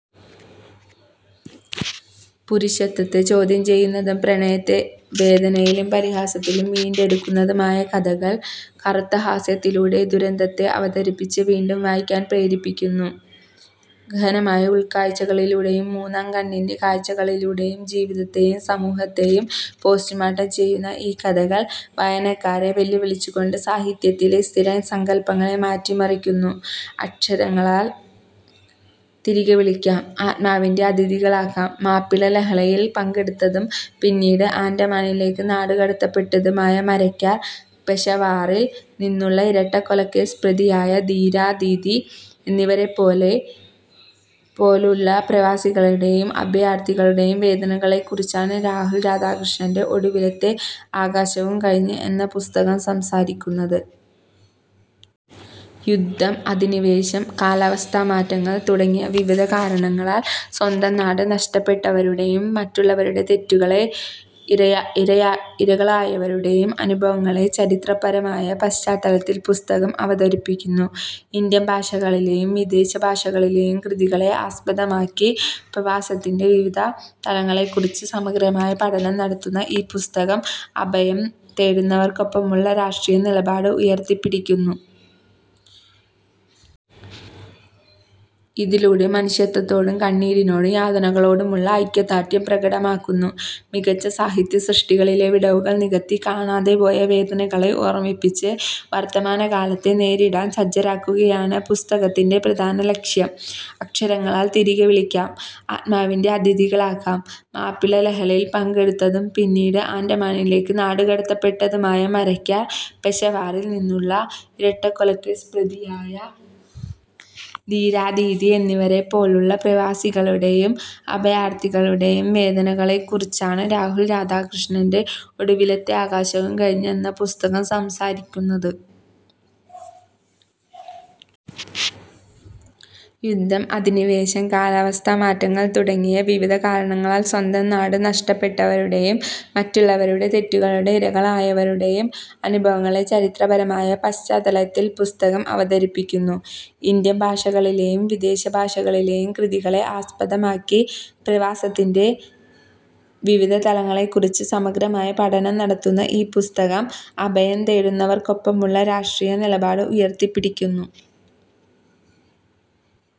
പുരുഷത്വത്തെ ചോദ്യം ചെയ്യുന്നതും, പ്രണയത്തെ വേദനയിലും പരിഹാസത്തിലും വീണ്ടെടുക്കുന്നതുമായ കഥകൾ, കറുത്ത ഹാസ്യത്തിലൂടെ ദുരന്തത്തെ അവതരിപ്പിച്ച് വീണ്ടും വായിക്കാൻ പ്രേരിപ്പിക്കുന്നു. ഗഹനമായ ഉൾക്കാഴ്ചകളിലൂടെയും, മൂന്നാം കണ്ണിന്റെ കാഴ്ചകളിലൂടെയും ജീവിതത്തെയും സമൂഹത്തെയും പോസ്റ്റ്മോർട്ടം ചെയ്യുന്ന ഈ കഥകൾ, വായനക്കാരെ വെല്ലുവിളിച്ചുകൊണ്ട് സാഹിത്യത്തിലെ സ്ഥിരം സങ്കൽപ്പങ്ങളെ മാറ്റിമറിക്കുന്നു. അക്ഷരങ്ങളാൽ തിരികെവിളിക്കാം; ആത്മാവിന്റെ അതിഥികളാക്കാം മാപ്പിള ലഹളയിൽ പങ്കെടുത്തതും പിന്നീട് ആൻഡമാനിലേക്ക് നാടുകടത്തപ്പെട്ടതുമായ മരയ്ക്കാർ, പെഷവാറിൽ നിന്നുള്ള ഇരട്ടക്കൊലക്കേസ് പ്രതിയായ ധീരാദീദി എന്നിവരെപ്പോലുള്ള പ്രവാസികളുടെയും അഭയാർഥികളുടെയും വേദനകളെക്കുറിച്ചാണ് രാഹുൽ രാധാകൃഷ്ണന്റെ 'ഒടുവിലത്തെ ആകാശവും കഴിഞ്ഞ്' എന്ന പുസ്തകം സംസാരിക്കുന്നത്. യുദ്ധം, അധിനിവേശം, കാലാവസ്ഥാ മാറ്റങ്ങൾ തുടങ്ങിയ വിവിധ കാരണങ്ങളാൽ സ്വന്തം നാട് നഷ്ടപ്പെട്ടവരുടെയും മറ്റുള്ളവരുടെ തെറ്റുകളുടെ ഇരകളായവരുടെയും അനുഭവങ്ങളെ ചരിത്രപരമായ പശ്ചാത്തലത്തിൽ പുസ്തകം അവതരിപ്പിക്കുന്നു. ഇന്ത്യൻ ഭാഷകളിലെയും വിദേശ ഭാഷകളിലെയും കൃതികളെ ആസ്പദമാക്കി, പ്രവാസത്തിന്റെ വിവിധ തലങ്ങളെക്കുറിച്ച് സമഗ്രമായ പഠനം നടത്തുന്ന ഈ പുസ്തകം, അഭയം തേടുന്നവർക്കൊപ്പമുള്ള രാഷ്ട്രീയ നിലപാട് ഉയർത്തിപ്പിടിക്കുന്നു. ഇതിലൂടെ മനുഷ്യത്വത്തോടും കണ്ണീരിനോടും യാതനകളോടുമുള്ള ഐക്യദാർഢ്യം പ്രകടമാക്കുന്നു. മികച്ച സാഹിത്യസൃഷ്ടികളിലെ വിടവുകൾ നികത്തി, കാണാതെപോയ വേദനകളെ ഓർമ്മിപ്പിച്ച്, വർത്തമാനകാലത്തെ നേരിടാൻ സജ്ജരാക്കുകയാണ് പുസ്തകത്തിന്റെ പ്രധാന ലക്ഷ്യം. അക്ഷരങ്ങളാൽ തിരികെവിളിക്കാം; ആത്മാവിന്റെ അതിഥികളാക്കാം മാപ്പിള ലഹളയിൽ പങ്കെടുത്തതും പിന്നീട് ആൻഡമാനിലേക്ക് നാടുകടത്തപ്പെട്ടതുമായ മരയ്ക്കാർ, പെഷവാറിൽ നിന്നുള്ള ഇരട്ടക്കൊലക്കേസ് പ്രതിയായ ധീരാദീദി എന്നിവരെപ്പോലുള്ള പ്രവാസികളുടെയും അഭയാർഥികളുടെയും വേദനകളെക്കുറിച്ചാണ് രാഹുൽ രാധാകൃഷ്ണന്റെ 'ഒടുവിലത്തെ ആകാശവും കഴിഞ്ഞ്' എന്ന പുസ്തകം സംസാരിക്കുന്നത്. യുദ്ധം, അധിനിവേശം, കാലാവസ്ഥാ മാറ്റങ്ങൾ തുടങ്ങിയ വിവിധ കാരണങ്ങളാൽ സ്വന്തം നാട് നഷ്ടപ്പെട്ടവരുടെയും മറ്റുള്ളവരുടെ തെറ്റുകളുടെ ഇരകളായവരുടെയും അനുഭവങ്ങളെ ചരിത്രപരമായ പശ്ചാത്തലത്തിൽ പുസ്തകം അവതരിപ്പിക്കുന്നു. ഇന്ത്യൻ ഭാഷകളിലെയും വിദേശ ഭാഷകളിലെയും കൃതികളെ ആസ്പദമാക്കി, പ്രവാസത്തിന്റെ വിവിധ തലങ്ങളെക്കുറിച്ച് സമഗ്രമായ പഠനം നടത്തുന്ന ഈ പുസ്തകം, അഭയം തേടുന്നവർക്കൊപ്പമുള്ള രാഷ്ട്രീയ നിലപാട് ഉയർത്തിപ്പിടിക്കുന്നു.